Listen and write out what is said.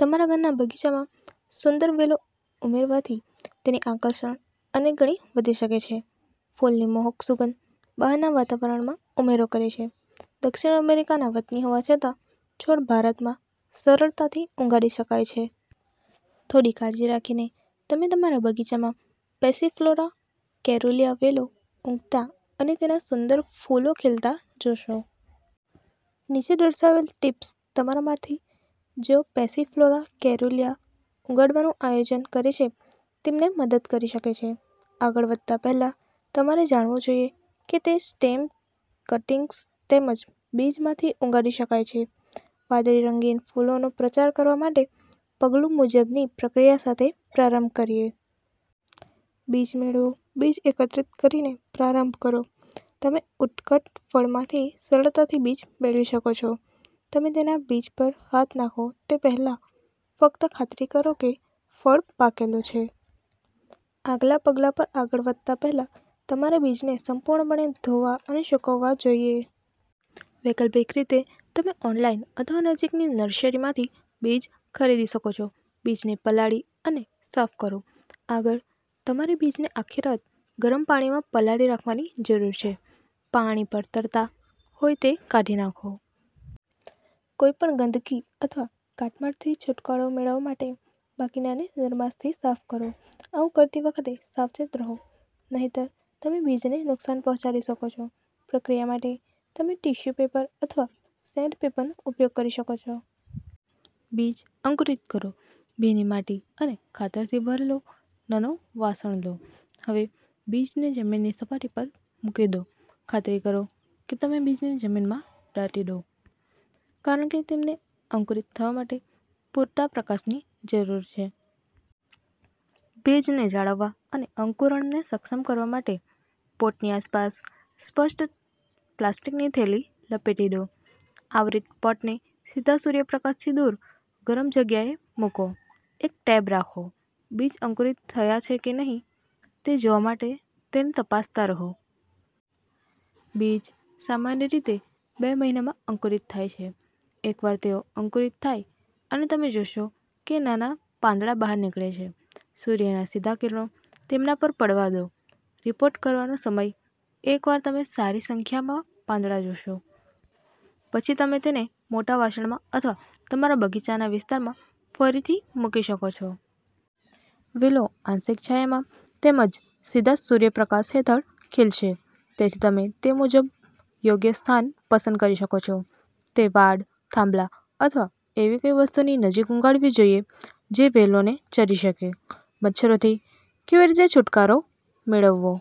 તમારા ઘરના બગીચામાં સુંદર વેલો ઉમેરવાથી તેની આકર્ષણ અનેક ગણી વધી શકે છે. ફૂલની મોહક સુગંધ બહારના વાતાવરણમાં ઉમેરો કરે છે. દક્ષિણ અમેરિકાના વતની હોવા છતાં, છોડ ભારતમાં સરળતાથી ઉગાડી શકાય છે. થોડી કાળજી રાખીને તમે તમારા બગીચામાં પેસિફ્લોરા કેરુલીઆ વેલો ઉગતા અને તેના સુંદર ફૂલો ખીલતા જોશો. નીચે દર્શાવેલ ટિપ્સ તમારામાંથી જેઓ પેસિફ્લોરા કેરુલીયા ઉગાડવાનું આયોજન કરે છે તેમને મદદ કરી શકે છે. આગળ વધતા પહેલા, તમારે જાણવું જોઈએ કે તે સ્ટેમ કટીંગ્સ તેમજ બીજમાંથી ઉગાડી શકાય છે. વાદળી-રંગીન ફૂલનો પ્રચાર કરવા માટે પગલું મુજબની પ્રક્રિયા સાથે પ્રારંભ કરીએ. બીજ મેળવો, બીજ એકત્રિત કરીને પ્રારંભ કરો. તમે ઉત્કટ ફળમાંથી સરળતાથી બીજ મેળવી શકો છો. તમે તેના બીજ પર હાથ નાખો તે પહેલાં ફક્ત ખાતરી કરો કે ફળ પાકેલું છે. આગલા પગલા પર આગળ વધતા પહેલા તમારે બીજને સંપૂર્ણપણે ધોવા અને સૂકવવા જોઈએ. વૈકલ્પિક રીતે, તમે ઓનલાઈન અથવા નજીકની નર્સરીમાંથી બીજ ખરીદી શકો છો. બીજને પલાળી અને સાફ કરો. આગળ, તમારે બીજને આખી રાત ગરમ પાણીમાં પલાળી રાખવાની જરૂર છે. પાણી પર તરતા હોય તેને કાઢી નાખો. કોઈ પણ ગંદકી અથવા કાટમાળથી છુટકારો મેળવવા માટે બાકીનાને નરમાશથી સાફ કરો. આવું કરતી વખતે સાવચેત રહો નહીંતર તમે બીજને નુકસાન પહોંચાડી શકો છો. પ્રક્રિયા માટે તમે ટીશ્યુ પેપર અથવા સેન્ડપેપરનો ઉપયોગ કરી શકો છો. બીજ અંકુરિત કરો, ભીની માટી અને ખાતરથી ભરેલો નાનો વાસણ લો. હવે, બીજને જમીનની સપાટી પર મૂકો. ખાતરી કરો કે તમે બીજને જમીનમાં દાટી દો કારણ કે તેમને અંકુરિત થવા માટે પૂરતા પ્રકાશની જરૂર છે. ભેજને જાળવવા અને અંકુરણને સક્ષમ કરવા માટે પોટની આસપાસ સ્પષ્ટ પ્લાસ્ટિકની થેલી લપેટી દો. આવરિત પોટને સીધા સૂર્યપ્રકાશથી દૂર ગરમ જગ્યાએ મૂકો. એક ટેબ રાખો. બીજ અંકુરિત થયા છે કે નહીં તે જોવા માટે તેને તપાસતા રહો. બીજ સામાન્ય રીતે બે મહિનામાં અંકુરિત થાય છે. એકવાર તેઓ અંકુરિત થાય અને તમે જોશો કે નાના પાંદડા બહાર નીકળે છે. સૂર્યના સીધા કિરણો તેમના પર પડવા દો. રીપોટ કરવાનો સમય એકવાર તમે સારી સંખ્યામાં પાંદડા જોશો, પછી તમે તેને મોટા વાસણમાં અથવા તમારા બગીચાના વિસ્તારમાં ફરીથી મૂકી શકો છો. વેલો આંશિક છાયામાં તેમજ સીધા સૂર્યપ્રકાશ હેઠળ ખીલશે. તેથી, તમે તે મુજબ યોગ્ય સ્થાન પસંદ કરી શકો છો. તે વાડ, થાંભલા અથવા એવી કોઈ વસ્તુની નજીક ઉગાડવી જોઈએ જે વેલોને ચઢી શકે. મચ્છરોથી કેવી રીતે છુટકારો મેળવવો?